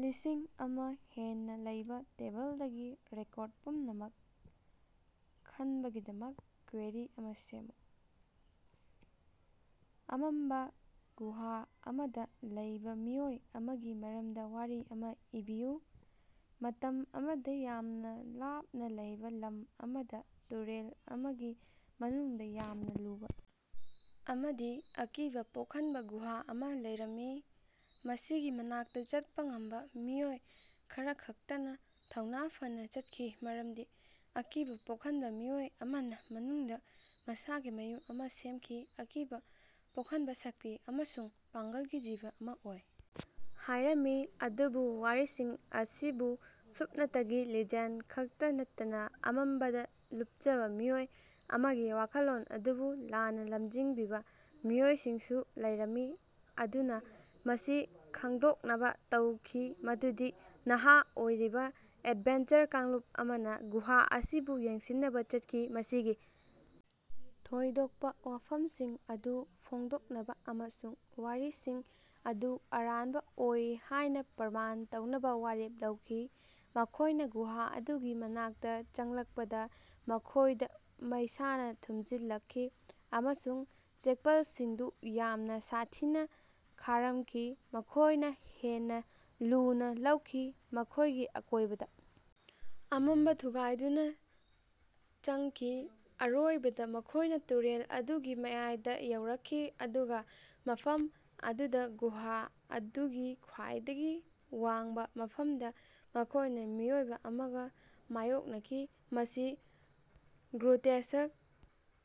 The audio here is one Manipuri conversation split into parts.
ꯂꯤꯁꯤꯡ ꯑꯃ ꯍꯦꯟꯅ ꯂꯩꯕꯥ ꯇꯦꯕꯜꯗꯒꯤ ꯔꯦꯀꯣꯔꯗ ꯄꯨꯝꯅꯃꯛ ꯈꯟꯕꯒꯤꯗꯃꯛ ꯀ꯭ꯋꯦꯔꯤ ꯑꯃꯥ ꯁꯦꯝꯃꯨ꯫ ꯑꯃꯝꯕ ꯒꯨꯍꯥ ꯑꯃꯗ ꯂꯩꯕꯥ ꯃꯤꯑꯣꯏ ꯑꯃꯒꯤ ꯃꯔꯝꯗ ꯋꯥꯔꯤ ꯑꯃ ꯏꯕꯤꯌꯨ꯫ ꯃꯇꯝ ꯑꯃꯗ ꯌꯥꯝꯅ ꯂꯥꯞꯅ ꯂꯩꯕ ꯂꯝ ꯑꯃꯗ ꯇꯨꯔꯦꯜ ꯑꯃꯒꯤ ꯃꯅꯨꯡꯗ ꯌꯥꯝꯅ ꯂꯨꯕ ꯑꯃꯗꯤ ꯑꯀꯤꯕꯥ ꯄꯣꯛꯍꯟꯕ ꯒꯨꯍꯥ ꯑꯃ ꯂꯩꯔꯝꯃꯤ꯫ ꯃꯁꯤꯒꯤ ꯃꯅꯥꯛꯇ ꯆꯠꯄ ꯉꯝꯕ ꯃꯤꯑꯣꯏ ꯈꯔꯈꯛꯇꯅ ꯊꯧꯅ ꯐꯅꯥ ꯆꯠꯈꯤ ꯃꯔꯝꯗꯤ ꯑꯀꯤꯕꯥ ꯄꯣꯛꯍꯟꯕ ꯃꯤꯑꯣꯏ ꯑꯃꯅ ꯃꯅꯨꯡꯗ ꯃꯁꯥꯒꯤ ꯌꯨꯝ ꯑꯃ ꯁꯦꯝꯈꯤ ꯑꯀꯤꯕ ꯄꯣꯛꯍꯟꯕ ꯁꯛꯇꯤ ꯑꯃꯁꯨꯡ ꯄꯥꯡꯒꯜꯒꯤ ꯖꯤꯕ ꯑꯃ ꯑꯣꯏ ꯍꯥꯢꯔꯝꯃꯤ꯫ ꯑꯗꯨꯕꯨ ꯋꯥꯔꯤꯁꯤꯡ ꯑꯁꯤꯕꯨ ꯁꯨꯞꯅꯇꯒꯤ ꯂꯤꯖꯦꯟꯗ ꯈꯛꯇ ꯅꯠꯇꯅ ꯑꯃꯝꯕꯗ ꯂꯨꯞꯆꯕ ꯃꯤꯑꯣꯏ ꯑꯃꯒꯤ ꯋꯥꯈꯜꯂꯣꯟ ꯑꯗꯨꯕꯨ ꯂꯥꯟꯅꯥ ꯂꯝꯖꯤꯡꯕꯤꯕ ꯃꯤꯑꯣꯏꯁꯤꯡꯁꯨ ꯂꯩꯔꯝꯃꯤ꯫ ꯑꯗꯨꯅ ꯃꯁꯤ ꯈꯪꯗꯣꯛꯅꯕ ꯇꯧꯈꯤ ꯃꯗꯨꯗꯤ ꯅꯍꯥ ꯑꯣꯏꯔꯤꯕ ꯑꯦꯗꯚꯦꯟꯆꯔ ꯀꯥꯡꯂꯨꯞ ꯑꯃꯅ ꯒꯨꯍꯥ ꯑꯁꯤꯕꯨ ꯌꯦꯡꯁꯤꯟꯅꯕ ꯆꯠꯈꯤ ꯃꯁꯤꯒꯤ ꯊꯣꯏꯗꯣꯛꯄ ꯋꯥꯐꯝꯁꯤꯡ ꯑꯗꯨ ꯐꯣꯡꯗꯣꯛꯅꯕ ꯑꯃꯁꯨꯡ ꯋꯥꯔꯤꯁꯤꯡ ꯑꯗꯨ ꯑꯔꯥꯟꯕ ꯑꯣꯏ ꯍꯥꯢꯅ ꯄ꯭ꯔꯃꯥꯟ ꯇꯧꯅꯕ ꯋꯥꯔꯦꯞ ꯂꯧꯈꯤ꯫ ꯃꯈꯣꯢꯅ ꯒꯨꯍꯥ ꯑꯗꯨꯒꯤ ꯃꯅꯥꯛꯇ ꯆꯪꯂꯛꯄꯗ ꯃꯈꯣꯏꯗ ꯃꯩꯁꯥꯅ ꯊꯨꯝꯖꯤꯜꯂꯛꯈꯤ ꯑꯃꯁꯨꯡ ꯆꯦꯛꯄꯜꯁꯤꯡꯗꯨ ꯌꯥꯝꯅ ꯁꯥꯊꯤꯅ ꯈꯥꯔꯝꯈꯤ꯫ ꯃꯈꯣꯢꯅ ꯍꯦꯟꯅ ꯂꯨꯅ ꯂꯧꯈꯤ ꯃꯈꯣꯢꯒꯤ ꯑꯀꯣꯢꯕꯗ ꯑꯃꯝꯕ ꯊꯨꯒꯥꯢꯗꯨꯅ ꯆꯪꯈꯤ ꯑꯔꯣꯏꯕꯗ ꯃꯈꯣꯏꯅ ꯇꯨꯔꯦꯜ ꯑꯗꯨꯒꯤ ꯃꯌꯥꯏꯗ ꯌꯧꯔꯛꯈꯤ꯫ ꯑꯗꯨꯒ ꯃꯐꯝ ꯑꯗꯨꯗ ꯒꯨꯍꯥ ꯑꯗꯨꯒꯤ ꯈ꯭ꯋꯥꯏꯗꯒꯤ ꯋꯥꯡꯕꯥ ꯃꯐꯝꯗ ꯃꯈꯣꯢꯅ ꯃꯤꯑꯣꯏꯕ ꯑꯃꯒ ꯃꯥꯌꯣꯛꯅꯈꯤ꯫ ꯃꯁꯤ ꯒ꯭ꯔꯣꯇꯦꯁ꯭ꯛ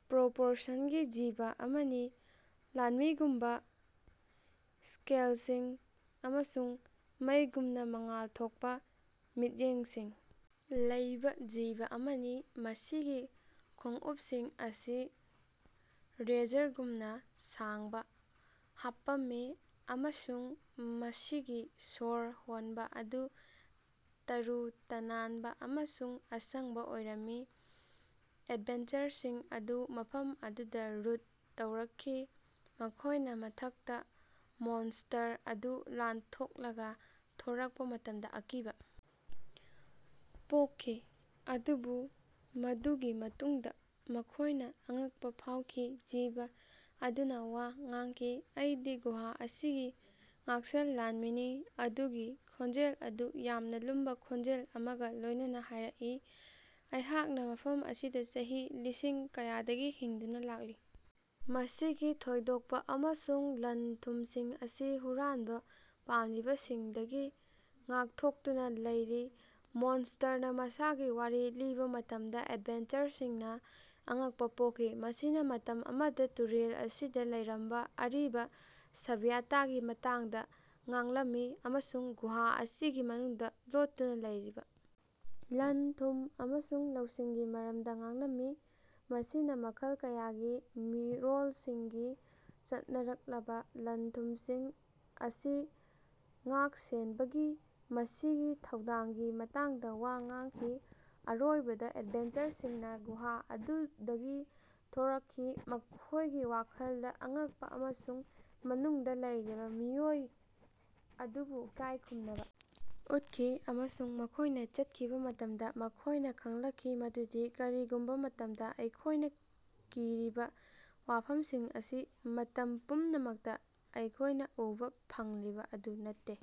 ꯄ꯭ꯔꯣꯄꯣꯔꯁꯟꯒꯤ ꯖꯤꯕ ꯑꯃꯅꯤ ꯂꯥꯟꯃꯤꯒꯨꯝꯕꯥ ꯁ꯭ꯀꯦꯜꯁꯤꯡ ꯑꯃꯁꯨꯡ ꯃꯩꯒꯨꯝꯅ ꯃꯉꯥꯜ ꯊꯣꯛꯄ ꯃꯤꯠꯌꯦꯡꯁꯤꯡ ꯂꯩꯕꯥ ꯖꯤꯕ ꯑꯃꯅꯤ꯫ ꯃꯁꯤꯒꯤ ꯈꯣꯡꯎꯞꯁꯤꯡ ꯑꯁꯤ ꯔꯦꯖꯔꯒꯨꯝꯅ ꯁꯥꯡꯕ ꯍꯥꯞꯄꯝꯃꯤ ꯑꯃꯁꯨꯡ ꯃꯁꯤꯒꯤ ꯁꯣꯔ ꯍꯣꯟꯕꯥ ꯑꯗꯨ ꯇꯔꯨ ꯇꯅꯥꯟꯕꯥ ꯑꯃꯁꯨꯡ ꯑꯁꯪꯕ ꯑꯣꯏꯔꯝꯃꯤ꯫ ꯑꯦꯗꯚꯦꯟꯆꯔꯁꯤꯡ ꯑꯗꯨ ꯃꯐꯝ ꯑꯗꯨꯗꯥ ꯔꯨꯠ ꯇꯧꯔꯛꯈꯤ ꯃꯈꯣꯢꯅ ꯃꯊꯛꯇ ꯃꯣꯟꯁꯇꯔ ꯑꯗꯨ ꯂꯥꯟꯊꯣꯛꯂꯒ ꯊꯣꯔꯛꯄ ꯃꯇꯝꯗ ꯑꯀꯤꯕ ꯄꯣꯛꯈꯤ꯫ ꯑꯗꯨꯕꯨ ꯃꯗꯨꯒꯤ ꯃꯇꯨꯡꯗ ꯃꯈꯣꯢꯅ ꯑꯉꯛꯄ ꯐꯥꯎꯈꯤ ꯖꯤꯕ ꯑꯗꯨꯅ ꯋꯥ ꯉꯥꯡꯈꯤ꯫ ꯑꯩꯗꯤ ꯒꯨꯍꯥ ꯑꯁꯤꯒꯤ ꯉꯥꯛꯁꯦꯜ ꯂꯥꯟꯃꯤꯅꯤ ꯃꯗꯨꯒꯤ ꯈꯣꯟꯖꯦꯜ ꯑꯗꯨ ꯌꯥꯝꯅ ꯂꯨꯝꯕ ꯈꯣꯟꯖꯦꯜ ꯑꯃꯒ ꯂꯣꯢꯅꯅꯥ ꯍꯥꯌꯔꯛꯏ꯫ ꯑꯩꯍꯥꯛꯅꯥ ꯃꯐꯝ ꯑꯁꯤꯗꯥ ꯆꯍꯤ ꯂꯤꯁꯤꯡ ꯀꯌꯥꯗꯒꯤ ꯍꯤꯡꯗꯨꯅꯥ ꯂꯥꯛꯂꯤ ꯃꯁꯤꯒꯤ ꯊꯣꯏꯗꯣꯛꯄ ꯑꯃꯁꯨꯡ ꯂꯟ-ꯊꯨꯝꯁꯤꯡ ꯑꯁꯤ ꯍꯨꯔꯥꯟꯕꯥ ꯄꯥꯝꯂꯤꯕꯁꯤꯡꯗꯒꯤ ꯉꯥꯛꯊꯣꯛꯇꯨꯅ ꯂꯩꯔꯤ꯫ ꯃꯣꯟꯁꯇꯔꯅ ꯃꯁꯥꯒꯤ ꯋꯥꯔꯤ ꯂꯤꯕꯥ ꯃꯇꯝꯗ ꯑꯦꯗꯚꯦꯟꯆꯔꯁꯤꯡꯅ ꯑꯉꯛꯄ ꯄꯣꯛꯈꯤ꯫ ꯃꯁꯤꯅ ꯃꯇꯝ ꯑꯃꯗ ꯇꯨꯔꯦꯜ ꯑꯁꯤꯗ ꯂꯩꯔꯝꯕ ꯑꯔꯤꯕꯥ ꯁꯚ꯭ꯌꯇꯥꯒꯤ ꯃꯇꯥꯡꯗ ꯉꯥꯡꯂꯝꯃꯤ ꯑꯃꯁꯨꯡ ꯒꯨꯍꯥ ꯑꯁꯤꯒꯤ ꯃꯅꯨꯡꯗ ꯂꯣꯠꯇꯨꯅꯥ ꯂꯩꯔꯤꯕꯥ ꯂꯟ-ꯊꯨꯝ ꯑꯃꯁꯨꯡ ꯂꯧꯁꯤꯡꯒꯤ ꯃꯔꯝꯗ ꯉꯥꯡꯂꯝꯃꯤ꯫ ꯃꯁꯤꯅꯥ ꯃꯈꯜ ꯀꯌꯥꯒꯤ ꯃꯤꯔꯣꯜꯁꯤꯡꯒꯤ ꯆꯠꯅꯔꯛꯂꯕꯥ ꯂꯟ-ꯊꯨꯝꯁꯤꯡ ꯑꯁꯤ ꯉꯥꯛ-ꯁꯦꯟꯕꯒꯤ ꯃꯁꯤꯒꯤ ꯊꯧꯗꯥꯡꯒꯤ ꯃꯇꯥꯡꯗꯥ ꯋꯥ ꯉꯥꯡꯈꯤ꯫ ꯑꯔꯣꯏꯕꯗ ꯑꯦꯗꯚꯦꯟꯆꯔꯁꯤꯡꯅꯥ ꯒꯨꯍꯥ ꯑꯗꯨꯗꯒꯤ ꯊꯣꯔꯛꯈꯤ ꯃꯈꯣꯢꯒꯤ ꯋꯥꯈꯜꯗ ꯑꯉꯛꯄ ꯑꯃꯁꯨꯡ ꯃꯅꯨꯡꯗ ꯂꯩꯔꯤꯕ ꯃꯤꯑꯣꯏ ꯑꯗꯨꯕꯨ ꯏꯀꯥꯢ ꯈꯨꯝꯅꯕ ꯎꯠꯈꯤ꯫ ꯑꯃꯁꯨꯡ ꯃꯈꯣꯢꯅ ꯆꯠꯈꯤꯕ ꯃꯇꯝꯗ ꯃꯈꯣꯢꯅ ꯈꯪꯂꯛꯈꯤ ꯃꯗꯨꯗꯤ ꯀꯔꯤꯒꯨꯝꯕꯥ ꯃꯇꯝꯗ ꯑꯩꯈꯣꯢꯅ ꯀꯤꯔꯤꯕ ꯋꯥꯐꯝꯁꯤꯡ ꯑꯁꯤ ꯃꯇꯝ ꯄꯨꯝꯅꯃꯛꯇ ꯃꯈꯣꯢꯅ ꯎꯕ ꯐꯪꯂꯤꯕ ꯑꯗꯨ ꯅꯠꯇꯦ꯫